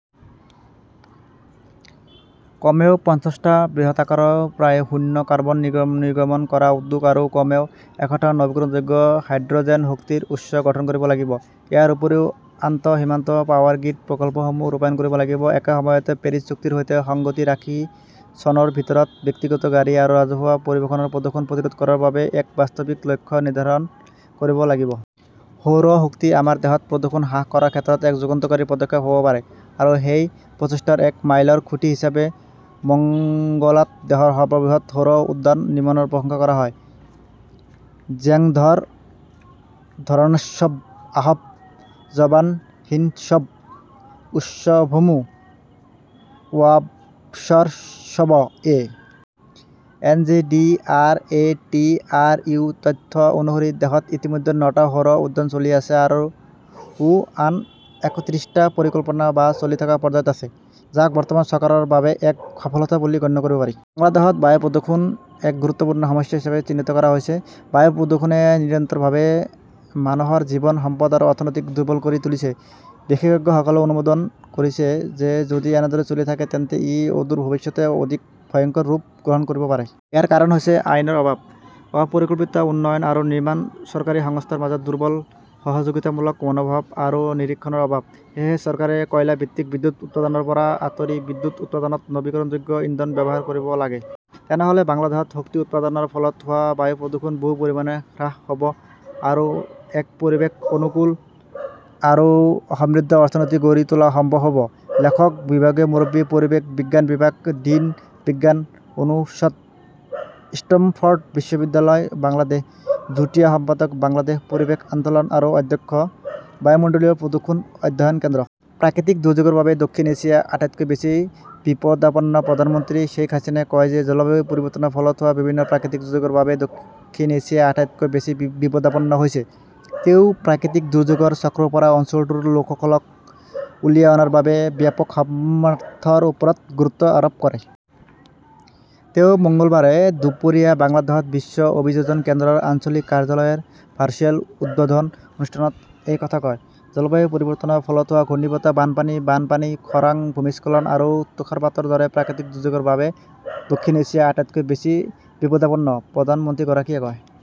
কমেও পঞ্চাছটা বৃহৎ আকাৰৰ প্ৰায় শূন্য কাৰ্বন নিৰ্গমন কৰা উদ্যোগ আৰু কমেও এশটা নৱীকৰণযোগ্য হাইড্ৰ "জেন শক্তিৰ উৎস গঠন কৰিব লাগিব। ইয়াৰ উপৰিও আন্তঃসীমান্ত পাৱাৰ গ্ৰীড প্ৰকল্পসমূহ ৰূপায়ণ কৰিব লাগিব। একে সময়তে, পেৰিছ চুক্তিৰ সৈতে সংগতি ৰাখি চনৰ ভিতৰত ব্যক্তিগত গাড়ী আৰু ৰাজহুৱা পৰিবহণৰ প্ৰদূষণ প্ৰতিৰোধ কৰাৰ বাবে এক বাস্তৱিক লক্ষ্য নিৰ্ধাৰণ কৰিব লাগিব। সৌৰ শক্তি আমাৰ দেশত প্ৰদূষণ হ্ৰাস কৰাৰ ক্ষেত্ৰত এক যুগান্তকাৰী পদক্ষেপ হ'ব পাৰে আৰু সেই প্ৰচেষ্টাৰ এক মাইলৰ খুঁটি হিচাপে মংগোলাত দেশৰ সৰ্ববৃহৎ সৌৰ উদ্যান নিৰ্মাণৰ প্ৰশংসা কৰা হয়। ঝাংঃ ধৰ ধৰণশ্বব আহফ জৱাহিনশ্বব উৱৎমু উৱাবশ্বৰশ্ববঃ A. N. J. D. R. A. T. R. U. তথ্য অনুসৰি, দেশত ইতিমধ্যে নটা সৌৰ উদ্যান চলি আছে আৰু আন একত্ৰিছটা পৰিকল্পনা বা চলি থকা পৰ্যায়ত আছে, যাক বৰ্তমান চৰকাৰৰ বাবে এক সফলতা বুলি গণ্য কৰিব পাৰি। বাংলাদেশত বায়ু প্ৰদূষণ এক গুৰুত্বপূৰ্ণ সমস্যা হিচাপে চিহ্নিত কৰা হৈছে। বায়ু প্ৰদূষণে নিৰন্তৰভাৱে মানুহৰ জীৱন, সম্পদ আৰু অৰ্থনীতিক দুৰ্বল কৰি তুলিছে, বিশেষজ্ঞসকলে অনুমান কৰিছে যে যদি এনেদৰে চলি থাকে তেন্তে ই অদূৰ ভৱিষ্যতে অধিক ভয়ংকৰ ৰূপ গ্ৰহণ কৰিব পাৰে। ইয়াৰ কাৰণ হৈছে আইনৰ অভাৱ, অপৰিকল্পিত উন্নয়ন আৰু নিৰ্মাণ, চৰকাৰী সংস্থাৰ মাজত দুৰ্বল সহযোগিতামূলক মনোভাৱ আৰু নিৰীক্ষণৰ অভাৱ। সেয়েহে চৰকাৰে কয়লা ভিত্তিক বিদ্যুৎ উৎপাদনৰ পৰা আঁতৰি বিদ্যুৎ উৎপাদনত নৱীকৰণযোগ্য ইন্ধন ব্যৱহাৰ কৰিব লাগে। তেনেহ 'লে বাংলাদেশত শক্তি উৎপাদনৰ ফলত হোৱা বায়ু প্ৰদূষণ বহু পৰিমাণে হ্ৰাস হ'ব আৰু এক পৰিৱেশ অনুকূল আৰু সমৃদ্ধ অৰ্থনীতি গঢ়ি তোলা সম্ভৱ হ'ব। লেখক, বিভাগীয় মুৰব্বী, পৰিৱেশ বিজ্ঞান বিভাগ, ডিন, বিজ্ঞান অনুষদ, ষ্টেমফৰ্ড বিশ্ববিদ্যালয় বাংলাদেশ, যুটীয়া সম্পাদক, বাংলাদেশ পৰিৱেশ আন্দোলন আৰু অধ্যক্ষ, বায়ুমণ্ডলীয় প্ৰদূষণ অধ্যয়ন কেন্দ্ৰ। প্ৰাকৃতিক দুৰ্যোগৰ বাবে দক্ষিণ এছিয়া আটাইতকৈ বেছি বিপদাপন্নপ্ৰধানমন্ত্ৰী শ্বেইখ হাছিনাই কয় যে জলবায়ু পৰিৱৰ্তনৰ ফলত হোৱা বিভিন্ন প্ৰাকৃতিক দুৰ্যোগৰ বাবে দক্ষিণ এছিয়া আটাইতকৈ বেছি বিপদাপন্ন হৈছে। তেওঁ প্ৰাকৃতিক দুৰ্যোগৰ চক্ৰৰ পৰা অঞ্চলটোৰ লোকসকলক উলিয়াই অনাৰ বাবে ব্যাপক সামৰ্থ্যৰ ওপৰত গুৰুত্ব আৰোপ কৰে। তেওঁ মঙলবাৰে দুপৰীয়া বাংলাদেশত বিশ্ব অভিযোজন কেন্দ্ৰৰ আঞ্চলিক কাৰ্যালয়ৰ ভাৰ্চুৱেল উদ্বোধন অনুষ্ঠানত এই কথা কয়। "জলবায়ু পৰিৱৰ্তনৰ ফলত হোৱা ঘূৰ্ণীবতাহ, বানপানী, বানপানী, খৰাং, ভূমিস্খলন আৰু তুষাৰপাতৰ দৰে প্ৰাকৃতিক দুৰ্যোগৰ বাবে দক্ষিণ এছিয়া আটাইতকৈ বেছি বিপদাপন্ন", প্ৰধানমন্ত্ৰীগৰাকীয়ে কয়।